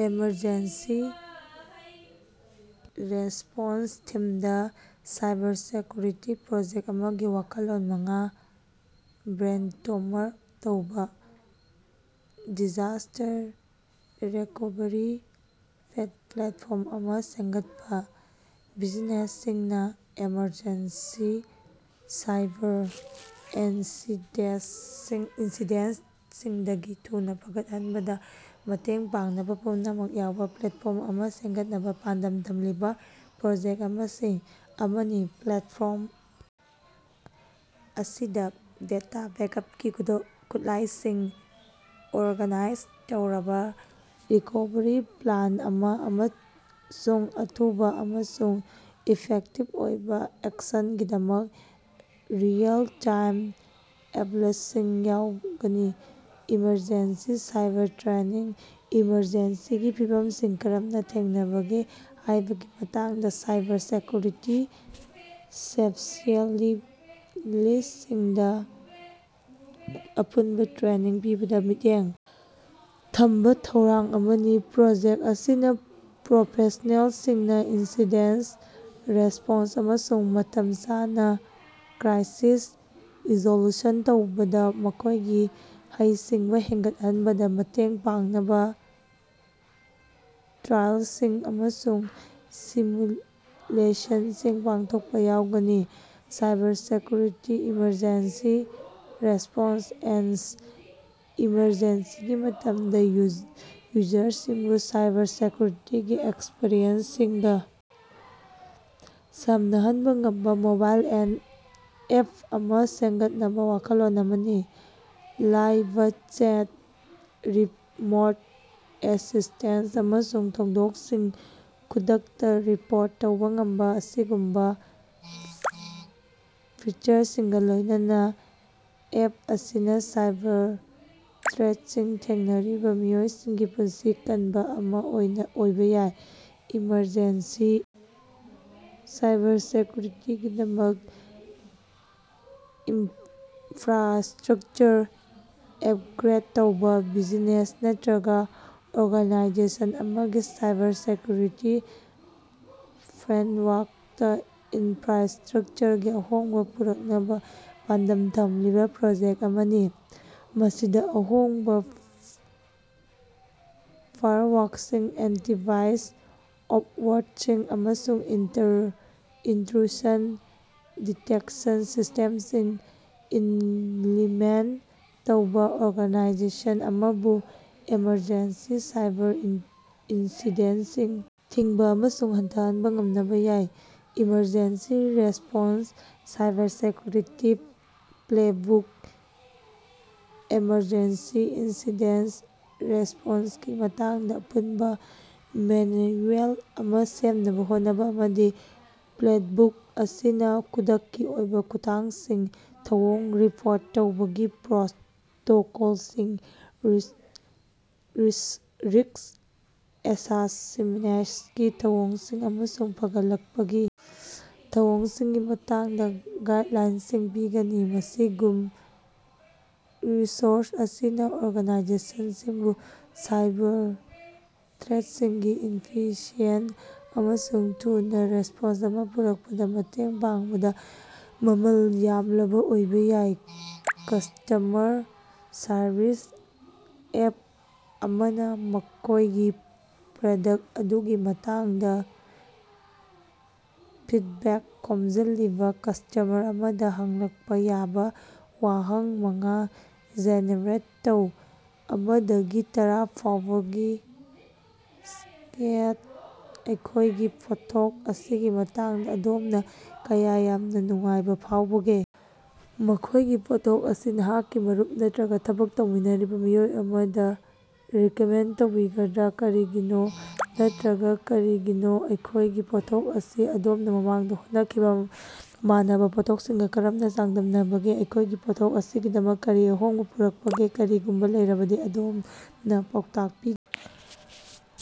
Emergency ꯔꯦꯁꯄꯣꯟꯁꯀꯤ ꯊꯤꯝꯗ cybersecurity project ꯑꯃꯒꯤꯗꯃꯛ ꯋꯥꯈꯜꯂꯣꯟ ꯃꯉꯥ ꯕ꯭ꯔꯦꯟꯁ꯭ꯇꯣꯔꯝ ꯇꯧꯕ꯫ ꯗꯤꯖꯥꯁꯇꯔ ꯔꯤꯀꯣꯚꯔꯤ ꯄ꯭ꯂꯦꯠꯐꯣꯔꯝ ꯑꯃ ꯁꯦꯝꯒꯠꯄ: ꯕꯤꯖꯤꯅꯦꯁꯁꯤꯡꯅ ꯑꯦꯃꯔꯖꯦꯟꯁꯤ ꯁꯥꯏꯕꯔ ꯏꯟꯁꯤꯗꯦꯟꯠꯁꯤꯡꯗꯒꯤ ꯊꯨꯅ ꯐꯒꯠꯂꯛꯄꯗ ꯃꯇꯦꯡ ꯄꯥꯡꯅꯕ ꯄꯨꯝꯅꯃꯛ ꯌꯥꯎꯕ ꯄ꯭ꯂꯦꯠꯐꯣꯔꯝ ꯑꯃ ꯁꯦꯝꯒꯠꯅꯕ ꯄꯥꯟꯗꯝ ꯊꯝꯂꯤꯕ ꯄ꯭ꯔꯣꯖꯦꯛ ꯑꯃꯅꯤ꯫ ꯄ꯭ꯂꯦꯠꯐꯣꯝ ꯑꯁꯤꯗ ꯗꯦꯇꯥ ꯕꯦꯛꯑꯞꯀꯤ ꯈꯨꯠꯂꯥꯏꯁꯤꯡ, ꯑꯣꯔꯒꯅꯥꯏꯖ ꯇꯧꯔꯕ ꯔꯤꯀꯣꯚꯔꯤ ꯄ꯭ꯂꯥꯟ ꯑꯃ, ꯑꯃꯁꯨꯡ ꯑꯊꯨꯕ ꯑꯃꯁꯨꯡ ꯏꯐꯦꯛꯇꯤꯕ ꯑꯣꯏꯕ ꯑꯦꯛꯁꯟꯒꯤꯗꯃꯛ ꯔꯤꯑꯦꯜ-ꯇꯥꯏꯝ ꯑꯦꯂꯔꯠꯁꯤꯡ ꯌꯥꯎꯒꯅꯤ꯫ ꯏꯃꯔꯖꯦꯟꯁꯤ ꯁꯥꯏꯕꯔ ꯇ꯭ꯔꯦꯅꯤꯡ: ꯏꯃꯔꯖꯦꯟꯁꯤꯒꯤ ꯐꯤꯚꯝꯁꯤꯡ ꯀꯔꯝꯅ ꯊꯦꯡꯅꯒꯗꯒꯦ ꯍꯥꯏꯕꯒꯤ ꯃꯇꯥꯡꯗ ꯁꯥꯏꯕꯔꯁꯦꯀ꯭ꯌꯨꯔꯤꯇꯤ ꯁ꯭ꯄꯦꯁꯤꯑꯦꯂꯤꯁꯁꯤꯡꯗ ꯑꯄꯨꯟꯕ ꯇ꯭ꯔꯦꯅꯤꯡ ꯄꯤꯕꯗ ꯃꯤꯠꯌꯦꯡ ꯊꯝꯕ ꯊꯧꯔꯥꯡ ꯑꯃꯅꯤ꯫ ꯄ꯭ꯔꯣꯖꯦꯛ ꯑꯁꯤꯅ ꯄ꯭ꯔꯣꯐꯦꯁꯅꯦꯜꯁꯤꯡꯅ ꯏꯟꯁꯤꯗꯦꯟꯠ ꯔꯦꯁꯄꯣꯟꯁ ꯑꯃꯁꯨꯡ ꯃꯇꯝ ꯆꯥꯅ ꯀ꯭ꯔꯥꯏꯁꯤꯁ ꯔꯤꯖꯣꯂꯨꯁꯟ ꯇꯧꯕꯗ ꯃꯈꯣꯏꯒꯤ ꯍꯩꯁꯤꯡꯕ ꯍꯦꯟꯒꯠꯍꯟꯕꯗ ꯃꯇꯦꯡ ꯄꯥꯡꯅꯕ ꯇ꯭ꯔꯥꯏꯜꯁꯤꯡ ꯑꯃꯁꯨꯡ ꯁꯤꯃꯨꯂꯦꯁꯟꯁꯤꯡ ꯄꯥꯡꯊꯣꯛꯄ ꯌꯥꯎꯒꯅꯤ꯫ ꯁꯥꯏꯕꯔꯁꯦꯀ꯭ꯌꯨꯔꯤꯇꯤ ꯏꯃꯔꯖꯦꯟꯁꯤ ꯔꯦꯁꯄꯣꯟꯁ ꯑꯦꯞ: ꯏꯃꯔꯖꯦꯟꯁꯤꯒꯤ ꯃꯇꯝꯗ ꯌꯨꯖꯔꯁꯤꯡꯕꯨ ꯁꯥꯏꯕꯔꯁꯦꯀ꯭ꯌꯨꯔꯤꯇꯤ ꯑꯦꯛꯁꯄꯔꯠꯁꯤꯡꯒ ꯁꯝꯅꯍꯟꯕ ꯉꯝꯕ ꯃꯣꯕꯥꯏꯜ ꯑꯦꯞ ꯑꯃ ꯁꯦꯃꯒꯠꯅꯕ ꯋꯥꯈꯜꯂꯣꯟ ꯑꯃꯅꯤ꯫ ꯂꯥꯏꯕ ꯆꯦꯠ, ꯔꯤꯃꯣꯠ ꯑꯦꯁꯤꯁꯇꯦꯟꯁ, ꯑꯃꯁꯨꯡ ꯊꯧꯗꯣꯛꯁꯤꯡ ꯈꯨꯗꯛꯇ ꯔꯤꯄꯣꯔꯠ ꯇꯧꯕ ꯉꯝꯕ ꯑꯁꯤꯒꯨꯝꯕ ꯐꯤꯆꯔꯁꯤꯡꯒ ꯂꯣꯏꯅꯅ ꯑꯦꯞ ꯑꯁꯤꯅ ꯁꯥꯏꯕꯔ ꯊ꯭ꯔꯦꯠꯁꯤꯡ ꯊꯦꯡꯅꯔꯤꯕ ꯃꯤꯑꯣꯏꯁꯤꯡꯒꯤ ꯄꯨꯟꯁꯤ ꯀꯟꯕ ꯑꯃ ꯑꯣꯏꯕ ꯌꯥꯏ꯫ ꯏꯃꯔꯖꯦꯟꯁꯤ ꯁꯥꯏꯕꯔꯁꯦꯀ꯭ꯌꯨꯔꯤꯇꯤꯒꯤꯗꯃꯛ ꯏꯟꯐ꯭ꯔꯥꯁ꯭ꯇꯔꯛꯆꯔ ꯑꯞꯒ꯭ꯔꯦꯗ ꯇꯧꯕ: ꯕꯤꯖꯤꯅꯦꯁ ꯅꯠꯇ꯭ꯔꯒ ꯑꯣꯔꯒꯥꯅꯥꯏꯖꯦꯁꯟ ꯑꯃꯒꯤ ꯁꯥꯏꯕꯔꯁꯦꯀ꯭ꯌꯨꯔꯤꯇꯤ ꯐ꯭ꯔꯦꯝꯋꯥꯔꯛꯇ ꯏꯟꯐ꯭ꯔꯥꯁ꯭ꯇꯔꯛꯆꯔꯒꯤ ꯑꯍꯣꯡꯕ ꯄꯨꯔꯛꯅꯕ ꯄꯥꯟꯗꯝ ꯊꯝꯂꯤꯕ ꯄ꯭ꯔꯣꯖꯦꯛ ꯑꯃꯅꯤ꯫ ꯃꯁꯤꯗ ꯑꯍꯣꯡꯕ ꯐꯥꯏꯌꯔꯋꯥꯜꯁꯤꯡ, ꯑꯦꯟꯇꯤꯚꯥꯏꯔꯁ ꯁꯣꯐꯋꯥꯌꯔꯁꯤꯡ, ꯑꯃꯁꯨꯡ ꯏꯟꯇ꯭ꯔꯨꯁꯟ ꯗꯤꯇꯦꯛꯁꯟ ꯁꯤꯁꯇꯦꯝꯁꯤꯡ ꯏꯝꯄ꯭ꯂꯤꯃꯦꯟꯠ ꯇꯧꯕ, ꯑꯣꯔꯒꯥꯅꯥꯏꯖꯦꯁꯟ ꯑꯃꯕꯨ ꯑꯦꯃꯔꯖꯦꯟꯁꯤ ꯁꯥꯏꯕꯔ ꯏꯟꯐꯤꯗꯦꯟꯠꯁꯤꯡ ꯊꯤꯡꯕ ꯑꯃꯁꯨꯡ ꯍꯟꯊꯍꯟꯕ ꯉꯝꯍꯟꯕ ꯌꯥꯏ꯫ Emergency response cybersecurity playbook: emergency incident ꯔꯦꯁꯄꯣꯟꯁꯀꯤ ꯃꯇꯥꯡꯗ ꯑꯄꯨꯟꯕ ꯃꯦꯅ꯭ꯌꯨꯑꯦꯜ ꯑꯃ ꯁꯦꯝꯅꯕ ꯍꯣꯠꯅꯕ ꯑꯃꯅꯤ꯫ ꯄ꯭ꯂꯦꯕꯨꯛ ꯑꯁꯤꯅ ꯈꯨꯗꯛꯀꯤ ꯑꯣꯏꯕ ꯈꯣꯡꯊꯥꯡꯁꯤꯡ, ꯊꯧꯗꯣꯛ ꯔꯤꯄꯣꯔꯠ ꯇꯧꯕꯒꯤ ꯄ꯭ꯔꯣꯇꯣꯀꯣꯜꯁꯤꯡ, ꯔꯤꯁ꯭ꯛ ꯑꯦꯁꯦꯁꯃꯦꯟꯠꯀꯤ ꯊꯧꯑꯣꯡꯁꯤꯡ, ꯑꯃꯁꯨꯡ ꯐꯒꯠꯂꯛꯄꯒꯤ ꯊꯧꯑꯣꯡꯁꯤꯡꯒꯤ ꯃꯇꯥꯡꯗ ꯒꯥꯏꯗꯂꯥꯏꯟꯁꯤꯡ ꯄꯤꯒꯅꯤ꯫ ꯑꯁꯤꯒꯨꯝ ꯔꯤꯁꯣꯔꯁ ꯑꯁꯤꯅ ꯑꯣꯔꯒꯥꯅꯥꯏꯖꯦꯁꯟꯁꯤꯡꯕꯨ ꯁꯥꯏꯕꯔ ꯊ꯭ꯔꯦꯠꯁꯤꯡꯒꯤ ꯏꯐꯤꯁꯤꯑꯦꯟꯠ ꯑꯃꯁꯨꯡ ꯊꯨꯅ ꯔꯦꯁꯄꯣꯟꯁ ꯑꯃ ꯄꯨꯔꯛꯄꯗ ꯃꯇꯦꯡ ꯄꯥꯡꯕꯗ ꯃꯃꯜ ꯌꯥꯝꯂꯕ ꯑꯣꯏꯕ ꯌꯥꯏ꯫ ꯀꯁꯇꯃꯔ ꯁꯔꯚꯤꯁ ꯔꯦꯞ ꯑꯃꯅ ꯃꯈꯣꯏꯒꯤ ꯄ꯭ꯔꯗꯛꯇ ꯑꯗꯨꯒꯤ ꯃꯇꯥꯡꯗ ꯐꯤꯗꯕꯦꯛ ꯈꯣꯝꯖꯤꯜꯂꯤꯕ ꯀꯁꯇꯃꯔ ꯑꯃꯗ ꯍꯪꯂꯛꯄ ꯌꯥꯕ ꯋꯥꯍꯪ ꯃꯉꯥ ꯖꯦꯅꯦꯔꯦꯠ ꯇꯧ꯫ ꯑꯃ ꯗꯒꯤ ꯇꯔꯥ ꯐꯥꯎꯕꯒꯤ ꯁ꯭ꯀꯦꯜꯗ, ꯑꯩꯈꯣꯏꯒꯤ ꯄꯣꯠꯊꯣꯛ ꯑꯁꯤꯒꯤ ꯃꯇꯥꯡꯗ ꯑꯗꯣꯝꯅ ꯀꯌꯥ ꯌꯥꯝꯅ ꯅꯨꯡꯉꯥꯏꯕ ꯐꯥꯎꯕꯒꯦ? ꯃꯈꯣꯏꯒꯤ ꯄꯣꯠꯊꯣꯛ ꯑꯁꯤ ꯅꯍꯥꯛꯀꯤ ꯃꯔꯨꯞ ꯅꯠꯇ꯭ꯔꯒ ꯊꯕꯛ ꯇꯧꯃꯤꯟꯅꯔꯤꯕ ꯃꯤꯑꯣꯏ ꯑꯃꯗ ꯔꯤꯀꯃꯦꯟꯗ ꯇꯧꯕꯤꯒꯗ꯭ꯔꯥ? ꯀꯔꯤꯒꯤꯅꯣ ꯅꯠꯇ꯭ꯔꯒ ꯀꯔꯤꯒꯤꯅꯣ? ꯑꯩꯈꯣꯏꯒꯤ ꯄꯣꯠꯊꯣꯛ ꯑꯁꯤ ꯑꯗꯣꯝꯅ ꯃꯃꯥꯡꯗ ꯍꯣꯠꯅꯈꯤꯕ ꯃꯥꯟꯅꯕ ꯄꯣꯠꯊꯣꯛꯁꯤꯡꯒ ꯀꯔꯝꯅ ꯆꯥꯡꯗꯝꯅꯕꯒꯦ? ꯑꯩꯈꯣꯏꯒꯤ ꯄꯣꯠꯊꯣꯛ ꯑꯁꯤꯒꯤꯗꯃꯛꯇ ꯀꯔꯤ ꯑꯍꯣꯡꯕ ꯄꯨꯔꯛꯀꯗꯒꯦ, ꯀꯔꯤꯒꯨꯝꯕ ꯂꯩꯔꯕꯗꯤ, ꯑꯗꯣꯝꯅ ꯄꯥꯎꯇꯥꯛ ꯄꯤꯕꯤꯒꯅꯤ?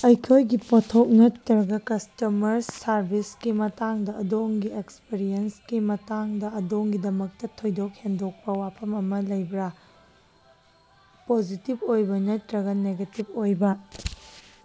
ꯑꯩꯈꯣꯏꯒꯤ ꯄꯣꯠꯊꯣꯛ ꯅꯠꯇ꯭ꯔꯒ ꯀꯁꯇꯃꯔ ꯁꯔꯕꯤꯁꯀꯤ ꯃꯇꯥꯡꯗ ꯑꯗꯣꯝꯒꯤ ꯑꯦꯛꯁꯄ꯭ꯔꯤꯌꯦꯟꯁꯀꯤ ꯃꯇꯥꯡꯗ ꯑꯗꯣꯝꯒꯤꯗꯃꯛꯇ ꯊꯣꯏꯗꯣꯛ ꯍꯦꯟꯗꯣꯛꯄ ꯋꯥꯐꯝ ꯑꯃ ꯂꯩꯕꯔꯥ, ꯄꯣꯖꯤꯇꯤꯕ ꯑꯣꯏꯕ ꯅꯠꯇ꯭ꯔꯒ ꯅꯦꯒꯦꯇꯤꯕ ꯑꯣꯏꯕ?